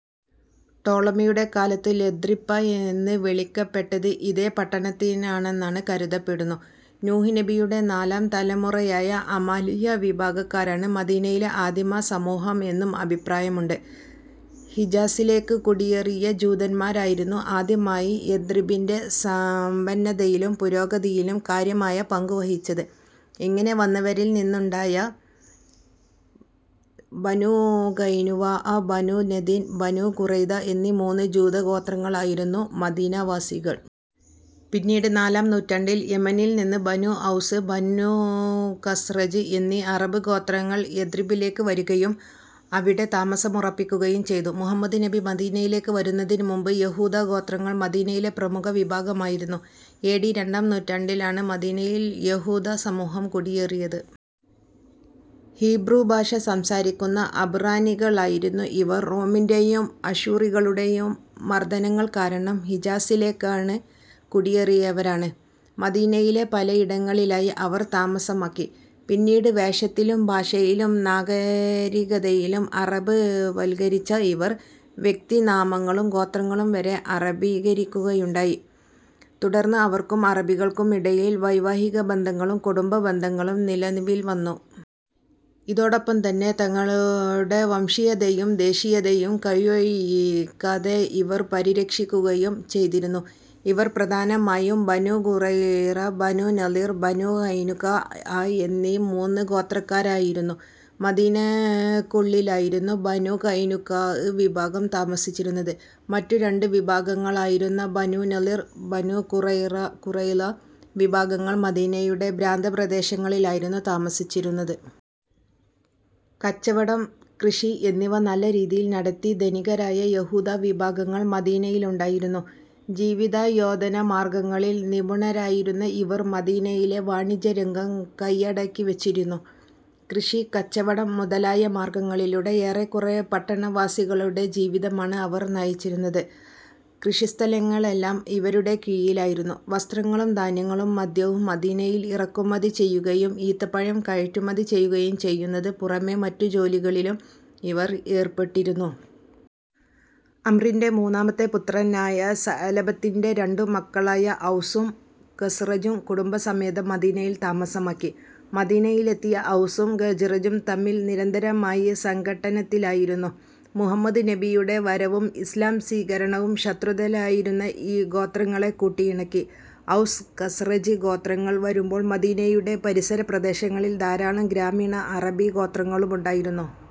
ടോളമിയുടെ കാലത്ത് ലഥ്രിപ്പ എന്ന് വിളിക്കപ്പെട്ടത് ഇതേ പട്ടണത്തിനാണെന്നാണ് കരുതപ്പെടുന്നു. നൂഹ് നബിയുടെ നാലാം തലമുറയായ അമാലിയ വിഭാഗക്കാരാണ് മദീനയിലെ ആദിമ സമൂഹം എന്നും അഭിപ്രായമുണ്ട്. ഹിജാസിലേക്ക് കുടിയേറിയ ജൂതൻമാരായിരുന്നു ആദ്യമായി യഥ്രിബിന്റെ സമ്പന്നതയിലും പുരോഗതിയിലും കാര്യമായ പങ്കുവഹിച്ചത്. ഇങ്ങനെ വന്നവരിൽ നിന്നുണ്ടായ ബനൂഖൈനുവാഅ, ബനൂ നദീർ, ബനൂ ഖുറൈദ എന്നീ മൂന്ന് ജൂത ഗോത്രങ്ങളായിരുന്നു മദീനാവാസികൾ. പിന്നീട് നാലാം നൂറ്റാണ്ടിൽ യെമനിൽ നിന്ന് ബനൂ ഔസ്, ബനൂ ഖസ്റജ് എന്നീ അറബ് ഗോത്രങ്ങൾ യഥ്രിബിലേക്ക് വരുകയും അവിടെ താമസമുറപ്പിക്കുകയും ചെയ്തു. മുഹമ്മദ് നബി മദീനയിലേക്ക് വരുന്നതിനു മുമ്പ് യഹൂദ ഗോത്രങ്ങൾ മദീനയിലെ പ്രമുഖ വിഭാഗമായിരുന്നു. എ. ഡി രണ്ടാം നൂറ്റാണ്ടിൽ ആണ് മദീനയിൽ യഹൂദസമൂഹം കുടിയേറിയത്. ഹീബ്രു ഭാഷ സംസാരിക്കുന്ന അബ്റാനികളായിരുന്ന ഇവർ റോമിന്റേയും അശൂറികളുടെയും മർദനങ്ങൾ കാരണം ഹിജാസിലേക്ക് കുടിയേറിയവരാണ്. മദീനയിലെ പലയിടങ്ങളിലായി അവർ താമസമാക്കി. പിന്നീട് വേഷത്തിലും ഭാഷയിലും നാഗരികതയിലും അറബ് വത്കരിച്ച ഇവർ വ്യക്തിനാമങ്ങളും ഗോത്രങ്ങളും വരെ അറബീകരിക്കുകയുണ്ടായി. തുടർന്ന് അവർക്കും അറബികൾക്കുമിടയിൽ വൈവാഹിക ബന്ധങ്ങളും കുടുംബ ബന്ധങ്ങളും നിലവിൽവന്നു. ഇതോടൊപ്പം തന്നെ തങ്ങളുടെ വംശീയതയും ദേശീയതയും കയ്യൊഴിക്കാതെ ഇവർ പരിരക്ഷിക്കുകയും ചെയ്തിരുന്നു. ഇവർ പ്രധാനമായും ബനൂ ഖുറൈള, ബനൂ നളീർ, ബനൂ ഖൈനുഖാഅ എന്നീ മൂന്ന് ഗോത്രക്കാരായിരുന്നു. മദീനക്കുള്ളിലായിരുന്നു ബനൂ ഖൈനുഖാഅ് വിഭാഗം താമസിച്ചിരുന്നത്. മറ്റു രണ്ടു വിഭാഗങ്ങളായിരുന്ന ബനൂനളിർ, ബനൂഖുറൈള വിഭാഗങ്ങൾ മദീനയുടെ പ്രാന്തപ്രദേശങ്ങളിലായിരുന്നു താമസിച്ചിരുന്നത്. കച്ചവടം, കൃഷി എന്നിവ നല്ല രീതിയിൽ നടത്തി ധനികരായ യഹൂദ വിഭാഗങ്ങൾ മദീനയിലുണ്ടായിരുന്നു. ജീവിതായോധന മാർഗങ്ങളിൽ നിപുണരായിരുന്ന ഇവർ മദീനയിലെ വാണിജ്യരംഗം കയ്യടക്കിവെച്ചിരുന്നു. കൃഷി, കച്ചവടം മുതലായ മാർഗങ്ങളിലൂടെ ഏറെക്കുറെ പട്ടണവാസികളുടെ ജീവിതമാണ് അവർ നയിച്ചിരുന്നത്. കൃഷിസ്ഥലങ്ങളെല്ലാം ഇവരുടെ കീഴിലായിരുന്നു. വസ്ത്രങ്ങളും ധാന്യങ്ങളും മദ്യവും മദീനയിൽ ഇറക്കുമതിചെയ്യുകയും ഈന്തപ്പഴം കയറ്റുമതി ചെയ്യുകയും ചെയ്യുന്നതിന് പുറമെ മറ്റു ജോലികളിലും ഇവർ ഏർപ്പെട്ടിരുന്നു. അംറിന്റെ മൂന്നാമത്തെ പുത്രനായ സഅലബത്തിന്റെ രണ്ടുമക്കളായ ഔസും ഖസ്റജും കുടുംബസമേതം മദീനയിൽ താമസമാക്കി.. മദീനയിലെത്തിയ ഔസും ഖസ്റജും തമ്മിൽ നിരന്തരമായി സംഘട്ടനത്തിലായിരുന്നു. മുഹമ്മദ് നബിയുടെ വരവും ഇസ്ലാം സ്വീകരണവും ശത്രുതയിലായിരുന്ന ഈ ഗോത്രങ്ങളെ കൂട്ടിയിണക്കി. ഔസ്-ഖസ്റജ് ഗോത്രങ്ങൾ വരുമ്പോൾ മദീനയുടെ പരിസര പ്രദേശങ്ങളിൽ ധാരാളം ഗ്രാമീണ അറബി ഗോത്രങ്ങളുമുണ്ടായിരുന്നു.